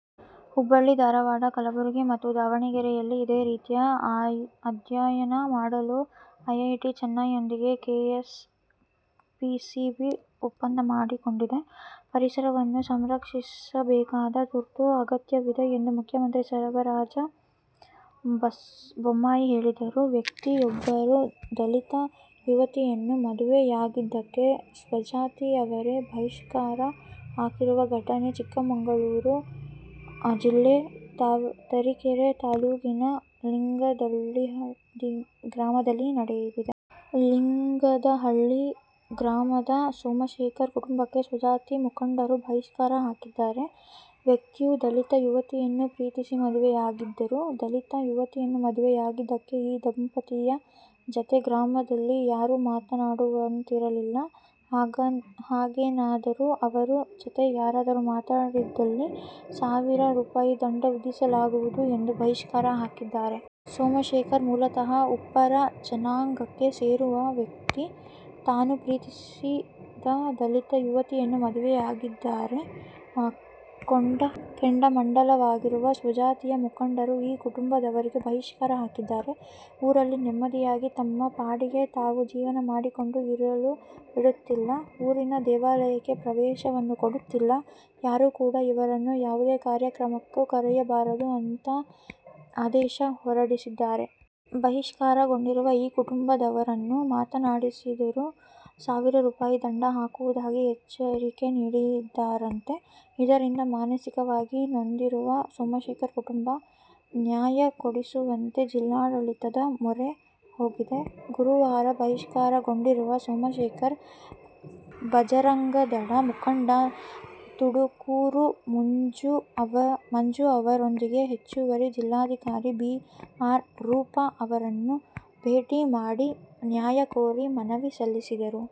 ಹುಬ್ಬಳ್ಳಿ- ಧಾರವಾಡ, ಕಲಬುರಗಿ ಮತ್ತು ದಾವಣಗೆರೆಯಲ್ಲಿ ಇದೇ ರೀತಿಯ ಅಧ್ಯಯನ ಮಾಡಲು ಐಐಟಿ-ಚೆನ್ನೈನೊಂದಿಗೆ ಕೆಎಸ್ ಪಿಸಿಬಿ ಒಪ್ಪಂದ ಮಾಡಿಕೊಂಡಿದೆ. ಪರಿಸರವನ್ನು ಸಂರಕ್ಷಿಸಬೇಕಾದ ತುರ್ತು ಅಗತ್ಯವಿದೆ ಎಂದು ಮುಖ್ಯಮಂತ್ರಿ ಬಸವರಾಜ ಬೊಮ್ಮಾಯಿ ಹೇಳಿದರು. ವ್ಯಕ್ತಿಯೊಬ್ಬರು ದಲಿತ ಯುವತಿಯನ್ನು ಮದುವೆಯಾಗಿದ್ದಕ್ಕೆ ಸ್ವಜಾತಿಯವರೇ ಬಹಿಷ್ಕಾರ ಹಾಕಿರುವ ಘಟನೆ ಚಿಕ್ಕಮಗಳೂರು ಜಿಲ್ಲೆ ತರೀಕೆರೆ ತಾಲೂಕಿನ ಲಿಂಗದಹಳ್ಳಿ ಗ್ರಾಮದಲ್ಲಿ ನಡೆದಿದೆ. ಲಿಂಗದಹಳ್ಳಿ ಗ್ರಾಮದ ಸೋಮಶೇಖರ್ ಕುಟುಂಬಕ್ಕೆ ಸ್ವಜಾತಿ ಮುಖಂಡರು ಬಹಿಷ್ಕಾರ ಹಾಕಿದ್ದಾರೆ. ವ್ಯಕ್ತಿಯು ದಲಿತ ಯುವತಿಯನ್ನು ಪ್ರೀತಿಸಿ ಮದುವೆಯಾಗಿದ್ದರು. ದಲಿತ ಯುವತಿಯನ್ನು ಮದುವೆಯಾಗಿದಕ್ಕೆ ಈ ದಂಪತಿಯ ಜೊತೆ ಗ್ರಾಮದಲ್ಲಿ ಯಾರು ಮಾತನಾಡುವಂತಿರಲಿಲ್ಲ. ಹಾಗೇನಾದರೂ ಅವರ ಜೊತೆ ಯಾರಾದರೂ ಮಾತನಾಡಿದ್ದಲ್ಲಿ ಸಾವಿರ ರೂ. ದಂಡ ವಿಧಿಸಲಾಗುವುದು ಎಂದು ಬಹಿಷ್ಕಾರ ಹಾಕಿದ್ದಾರೆ. ಸೋಮಶೇಖರ್, ಮೂಲತಃ ಉಪ್ಪಾರ ಜನಾಂಗಕ್ಕೆ ಸೇರಿರುವ ವ್ಯಕ್ತಿ. ತಾನು ಪ್ರೀತಿಸಿದ ದಲಿತ ಯುವತಿಯನ್ನು ಮದುವೆಯಾಗಿದ್ದಾರೆ. ಕೆಂಡಮಂಡಲವಾಗಿರುವ ಸ್ವಜಾತಿಯ ಮುಖಂಡರು ಈ ಕುಟುಂಬದವರಿಗೆ ಬಹಿಷ್ಕಾರ ಹಾಕಿದ್ದಾರೆ. ಊರಲ್ಲಿ ನೆಮ್ಮದಿಯಾಗಿ ತಮ್ಮ ಪಾಡಿಗೆ ತಾವು ಜೀವನ ಮಾಡಿಕೊಂಡು ಇರಲು ಬಿಡುತ್ತಿಲ್ಲ. ಊರಿನ ದೇವಾಲಯಕ್ಕೆ ಪ್ರವೇಶವನ್ನು ಕೊಡುತ್ತಿಲ್ಲ. ಯಾರೂ ಕೂಡ ಇವರನ್ನು ಯಾವುದೇ ಕಾರ್ಯಕ್ರಮಕ್ಕೂ ಕರೆಯಬಾರದು ಅಂತಾ ಆದೇಶ ಹೊರಡಿಸಿದ್ದಾರೆ. ಬಹಿಷ್ಕಾರಗೊಂಡಿರುವ ಈ ಕುಟುಂಬದವರನ್ನು ಮಾತನಾಡಿಸಿದರೂ ಸಾವಿರ ರೂ. ದಂಡ ಹಾಕುವುದಾಗಿ ಎಚ್ಚರಿಕೆ ನೀಡಿದ್ದಾರಂತೆ. ಇದರಿಂದ ಮಾನಸಿಕವಾಗಿ ನೊಂದಿರುವ ಸೋಮಶೇಖರ್ ಕುಟುಂಬ, ನ್ಯಾಯ ಕೊಡಿಸುವಂತೆ ಜಿಲ್ಲಾಡಳಿತದ ಮೊರೆ ಹೋಗಿದೆ. ಗುರುವಾರ ಬಹಿಷ್ಕಾರಗೊಂಡಿರುವ ಸೋಮಶೇಖರ್, ಬಜರಂಗದಳ ಮುಖಂಡ ತುಡುಕೂರು ಮಂಜು ಅವರೊಂದಿಗೆ ಹೆಚ್ಚುವರಿ ಜಿಲ್ಲಾಧಿಕಾರಿ ಬಿ. ಆರ್. ರೂಪ ಅವರನ್ನು ಭೇಟಿ ಮಾಡಿ ನ್ಯಾಯ ಕೋರಿ ಮನವಿ ಸಲ್ಲಿಸಿದರು.